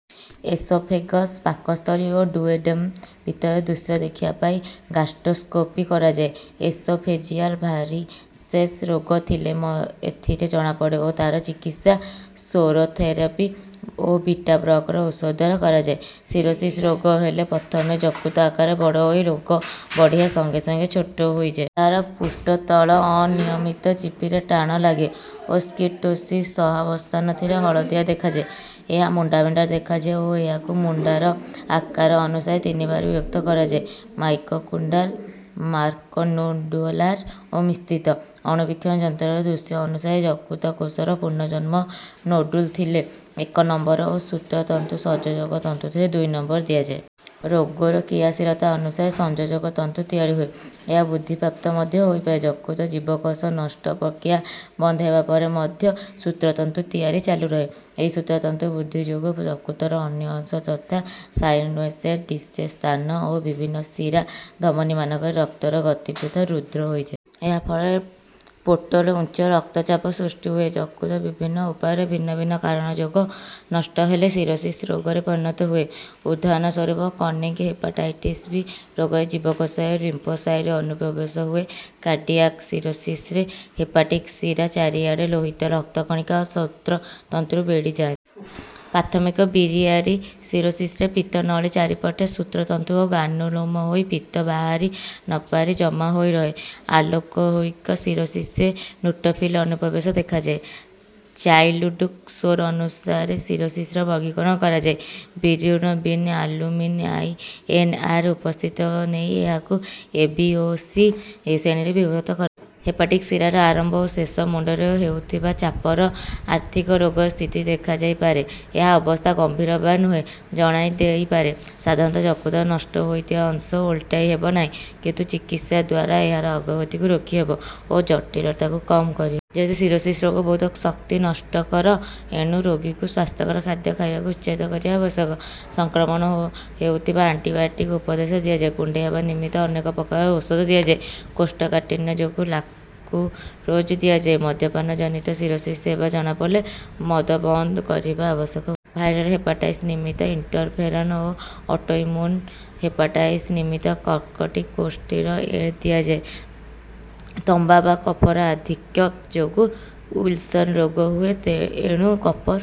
Oesophagus ପାକସ୍ଥଳୀ ଓ duodenum ଭିତରର ଦୃଶ୍ୟ ଦେଖିବା ପାଇଁ ଗ୍ୟାଷ୍ଟ୍ରୋସ୍କୋପି କରାଯାଏ। ଏସୋଫେଜିଆଲ୍ ଭାରିସେସ୍ ରୋଗ ଥିଲେ ଏଥିରେ ଜଣାପଡେ ଓ ତାହାର ଚିକିତ୍ସା ସ୍କ୍ଲେରୋଥେରାପି ଓ ବିଟାବ୍ଲକର ଔଷଧଦ୍ୱାରା କରାଯାଏ। ସିରୋସିସ୍ ରୋଗ ହେଲେ ପ୍ରଥମେ ଯକୃତ ଆକାରରେ ବଡ ହୋଇ ରୋଗ ବଢିବା ସଙ୍ଗେ ସଙ୍ଗେ ଛୋଟ ହୋଇଯାଏ। ଏହାର ପୃଷ୍ଠତଳ ଅନିୟମିତ ଚିପିଲେ ଟାଣ ଲାଗେ ଓ ସ୍ଟିଏଟୋସିସ୍ ସହାବସ୍ଥାନ ଥିଲେ ହଳଦିଆ ଦେଖାଯାଏ। ଏହା ମୁଣ୍ଡା ମୁଣ୍ଡା ଦେଖାଯାଏ ଓ ଏହାକୁ ମୁଣ୍ଡାର ଆକାର ଅନୁସାରେ ତିନି ଭାଗରେ ବିଭକ୍ତ କରାଯାଏ ମାଇକ୍ରୋନୋଡ୍ୟୁଲାର୍, ମାକ୍ରୋନୋଡ୍ୟୁଲାର୍ ଓ ମିଶ୍ରିତ। ଅଣୁବୀକ୍ଷଣ ଯନ୍ତ୍ର୍ରର ଦୃଶ୍ୟ ଅନୁସାରେ ଯକୃତ କୋଷର ପୁନର୍ଜନ୍ମ ନୋଡ୍ୟୁଲ ଥିଲେ ଏକ ନମ୍ବର ଓ ସୂତ୍ର ତନ୍ତୁ ସଂଯୋଜକ ତନ୍ତୁ ଥିଲେ ଦୁଇ ନମ୍ବର ଦିଆଯାଏ। ରୋଗର କ୍ରିୟାଶୀଳତା ଅନୁସାରେ ସଂଯୋଜକ ତନ୍ତୁ ତିଆରି ହୁଏ। ଏହା ବୃଦ୍ଧି ପ୍ରାପ୍ତ ମଧ୍ୟ ହୋଇପାରେ। ଯକୃତ ଜୀବକୋଷ ନଷ୍ଟ ପ୍ରକ୍ରିୟା ବନ୍ଦ ହେବା ପରେ ମଧ୍ୟ ସୂତ୍ର ତନ୍ତୁ ତିଆରି ଚାଲୁ ରହେ। ଏହି ସୂତ୍ର ତନ୍ତୁ ବୃଦ୍ଧି ଯୋଗୁ ଯକୃତର ଅନ୍ୟ ଅଂଶ ଯଥା ସାଇନୁସଏଡ୍ ଡିସ୍ସେ ସ୍ଥାନ ଓ ବିଭିନ୍ନ ଶିରା ଧମନୀମାନଙ୍କରେ ରକ୍ତର ଗତିପଥ ରୁଦ୍ଧ ହୋଇଯାଏ। ଏହା ଫଳରେ ପୋର୍ଟାଲ୍ ଉଚ୍ଚ ରକ୍ତ ଚାପ ସୃଷ୍ଟି ହୁଏ। ଯକୃତ ବିଭିନ୍ନ ଉପାୟରେ ଭିନ୍ନ ଭିନ୍ନ କାରଣ ଯୋଗ ନଷ୍ଟ ହେଲେ ସିରୋସିସ୍ ରୋଗରେ ପରିଣତ ହୁଏ। ଉଦାହରଣ ସ୍ୱରୁପ କ୍ରନିକ୍ ହେପାଟାଇଟିସ୍ ବି ରୋଗରେ ଜୀବକୋଷରେ ଲିମ୍ଫୋସାଇଟ ଅନୁପ୍ରବେଶ ହୁଏ କାର୍ଡିଆକ୍ ସିରୋସିସରେ ହେପାଟିକ ଶିରା ଚାରିଆଡେ ଲୋହିତ ରକ୍ତ କଣିକା ଓ ସୂତ୍ର ତନ୍ତୁ ବେଢି ଯାଆନ୍ତି। ପ୍ରାଥମିକ ବିଲିଆରି ସିରୋସିସରେ ପିତ୍ତ ନଳୀ ଚାରିପଟେ ସୂତ୍ରତନ୍ତୁ ଓ ଗ୍ରାନୁଲୋମା ହୋଇ ପିତ୍ତ ବାହାରି ନ ପାରି ଜମା ହୋଇରହେ। ଆଲକୋହୋଲିକ ସିରୋସିସରେ ନ୍ୟୁଟ୍ରୋଫିଲ୍ ଅନୁପ୍ରବେଶ ଦେଖାଯାଏ। ଚାଇଲ୍ଡ୍ପୁଗ୍ ସ୍କୋର ଅନୁସାରେ ସିରୋସିସର ବର୍ଗୀକରଣ କରାଯାଏ। Bilirubin albumin I. N. R. ଉପସ୍ଥିତି ନେଇ ଏହାକୁ ଏ ବି ଓ ସି ଶ୍ରେଣୀରେ ବିଭକ୍ତ କରାଯାଏ। ହେପାଟିକ୍ ଶିରାର ଆରମ୍ଭ ଓ ଶେଷ ମୁଣ୍ଡରେ ହେଉଥିବା ଚାପର ଆଥିକ ରୋଗର ସ୍ଥିତି ଦେଖାଇ ପାରେ ଏହା ଅବସ୍ଥା ଗମ୍ଭୀର ବା ନୁହେଁ ଜଣାଇ ଦେଇପାରେ। ସଧାରଣତଃ ଯକୃତର ନଷ୍ଟ ହୋଇଥିବା ଅଂଶ ଓଲଟାଇ ହେବନାହି। କିନ୍ତୁ ଚିକିତ୍ସା ଦ୍ୱାର ଏହାର ଅଗ୍ରଗତିକୁ ରୋକି ହେବ ଓ ଜଟୀଳତାକୁ କମ କରିହେବ। ଯେହେତୁ ସିରୋସିସ୍ ରୋଗ ବହୁତ ଶକ୍ତି ନଷ୍ଟ କର ଏଣୁ ରୋଗୀକୁ ସ୍ୱାସ୍ଥ୍ୟକର ଖାଦ୍ୟ ଖାଇବାକୁ ଉତ୍ସାହିତ କରିବା ଆବଶ୍ୟକ। ସଂକ୍ରମଣ ହେଉଥିବାରୁ ଆଣ୍ଟିବାୟୋଟିକ ଉପଦେଶ ଦିଆଯାଏ। କୁଣ୍ଡେଇ ହେବା ନିମିତ୍ତ ଅନେକ ପ୍ରକାରର ଔଷଧ ଦିଆଯାଏ। କୋଷ୍ଠକାଠିନ୍ୟ ଯୋଗୁଁ ଲାକ୍ଟୁଲୋଜ ଦିଆଯାଏ। ମଦ୍ୟପାନ ଜନିତ ସିରୋସିସ୍ ହେବା ଜଣା ପଡ଼ିଲେ ମଦ ବନ୍ଦ କରିବା ଆବଶ୍ୟକ ହୁଏ। ଭାଇରାଲ୍ ହେପାଟାଇଟିସ୍ ନିମନ୍ତେ ଇଣ୍ଟରଫେରନ୍ ଓ ଅଟୋଇମ୍ୟୁନ୍‌ ହେପାଟାଇଟିସ ନିମନ୍ତେ କକର୍ଟିକୋଷ୍ଟିରଏଡ୍‌ଦିଆଯାଏ। ତମ୍ବା ବା କପର୍ ଆଧିକ୍ୟ ଯୋଗୁଁ ୱିଲସନ୍‌ ରୋଗ ହୁଏ ଏଣୁ କପର୍